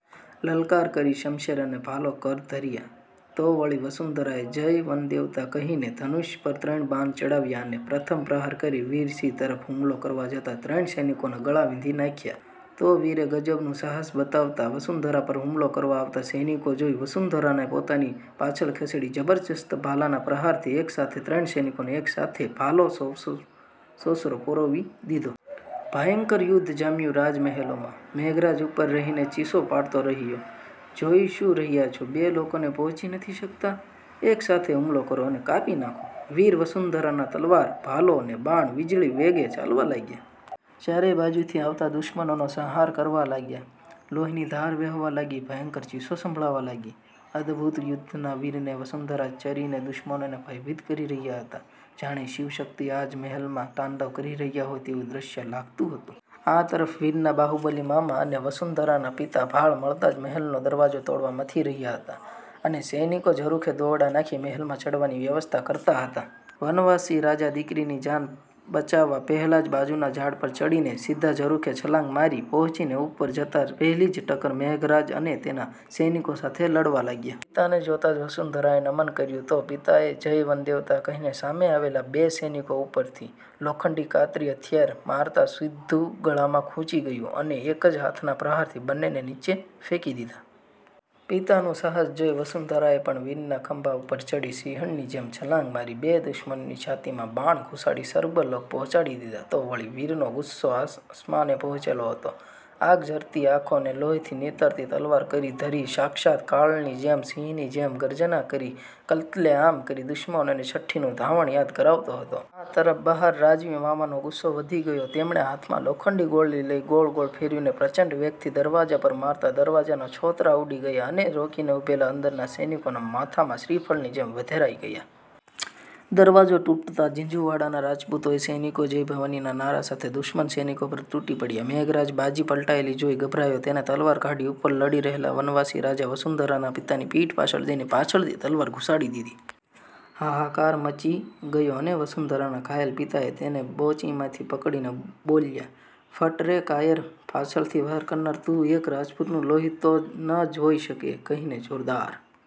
લલકાર કરી શમશેર અને ભાલો કર ધર્યા. તો વળી વસુંધરાએ જય વનદેવતા," કહીને ધનુષ્ય પર ત્રણ બાણ ચડાવ્યા અને પ્રથમ પ્રહાર કરી વીરસિંહ તરફ હુમલો કરવા જતાં ત્રણ સૈનિકોનાં ગળા વીંધી નાખ્યાં. તો વીરે ગજબનું સાહસ બતાવતાં વસુંધરા પર હુમલો કરવા આવતાં સૈનિકો જોઈ વસુંધરાને પોતાની પાછળ ખસેડી જબરજસ્ત ભલાનાં પ્રહારથી એકસાથે ત્રણ સૈનિકોને એકસાથે ભાલો સોંસરો પરોવી દીધો. ભયંકર યુદ્ધ જામ્યું રાજમહેલમાં. મેઘરાજ ઉપર રહીને ચીસો પાડતો રહયો,"જોઈ શું રહ્યાં છો બે લોકોને પહોંચી નથી શકતાં? એકસાથે હુમલો કરો અને કાપી નાખો." વીર, વસુંધરાના તલવાર, ભાલો, ને બાણ વીજળી વેગે ચાલવા લાગ્યાં. ચારેય બાજુથી આવતાં દુશ્મનોનો સંહાર કરવા લાગ્યાં. લોહીની ધાર વહેવા લાગી, ભયંકર ચીસો સાંભળવા લાગી. અદભુત યુદ્ધનાં વીર ને વસુંધરા રચીને દુશ્મનોને ભયભીત કરી રહ્યાં હતાં. જાણે શિવશક્તિ આજ મહેલમાં તાંડવ કરી રહ્યાં હોય તેવુ દ્રશ્ય લાગતું હતું. આ તરફ વીરનાં બાહુબલી મામા અને વસુંધરાનાં પિતા ભાળ મળતાં જ મહેલનો દરવાજો તોડવા મથઈ રહ્યાં હતાં, અને સૈનિકો ઝરૂખે દોરડા નાંખી મહેલમાં ચડવાની વ્યવસ્થા કરતાં હતાં. વનવાસી રાજા દીકરીની જાન બચાવવાં પહેલાં જ બાજુના ઝાડ પર ચડીને સીધાં ઝરુખે છલાંગ મારી, પહોંચીને ઉપર જતાં પહેલી જ ટક્કર મેઘરાજ અને તેનાં સૈનિકો સાથે લડવા લાગ્યાં. પિતાને જોતાં જ વસુંધરાએ નમન કર્યા, તો પિતાએ 'જય વનદેવતા' કહીને સામે આવેલા બે સૈનિકોને ઉપર થી લોખંડી કાતરી હથિયાર મારતાં સીધું ગળામાં ખુંચી ગયું, અને એક જ હાથના પ્રહારથી બંનેને નીચે ફેંકી દીધાં. પિતાનું સાહસ જોઈ વસુંધરાએ પણ વીરના ખંભા ઉપર ચડી સિંહણની જેમ છલાંગ મારી બે દુશ્મનોની છાતીમાં બાણ ઘુસાડી સ્વર્ગલોક પહોંચાડી દીધાં, તો વળી વીરનો ગુસ્સો આસમાને પહોંચેલ હતો, આગ ઝરતી આંખો ને લોહી થી નીતરતી તલવાર કર ધરી સાક્ષાત કાળની જેમ સિંહની જેમ ગર્જના કરી કત્લેઆમ કરી દુશ્મનોને છઠ્ઠીનું ધાવણ યાદ કરાવતો હતો. આ તરફ બહાર રાજવી મામાનો ગુસ્સો વધી ગયો, તેમણે હાથમાં લોખંડી ગોળી લઈ ગોળ-ગોળ ફેરવીને પ્રચંડ વેગથી દરવાજા પર મારતાં દરવાજાના છોતરાં ઊડી ગયાં, અને રોકીને ઉભેલા અંદરના સૈનિકોનાં માથાં શ્રીફળની જેમ વધેરાઈ ગયાં. દરવાજો તૂટતાં જ ઝીંઝુવાડાના રાજપૂતોએ સૈનિકોએ "જય ભવાની" નાં નારાં સાથે દુશ્મન સૈનિકો પર તૂટી પડ્યાં. મેઘરાજ બાજી પલટાયેલી જોઈ ગભરાયો તેને તલવાર કાઢી ઉપર લડી રહેલાં વનવાસી રાજા વસુંધરાનાં પિતાની પીઠ પાછળ જઈને પાછળથી તલવાર ઘુસાડી દીધી. હાહાકાર મચી ગયો, અને વસુંધરાનાં ઘાયલ પિતાએ તેને બોચીમાંથી પકડીને બોલ્યાં,"ફટ રે કાયર, પાછળથી વાર કરનાર તું એક રાજપુતનું લોહી તો ન જ હોઈ શકે," કહીને જોરદાર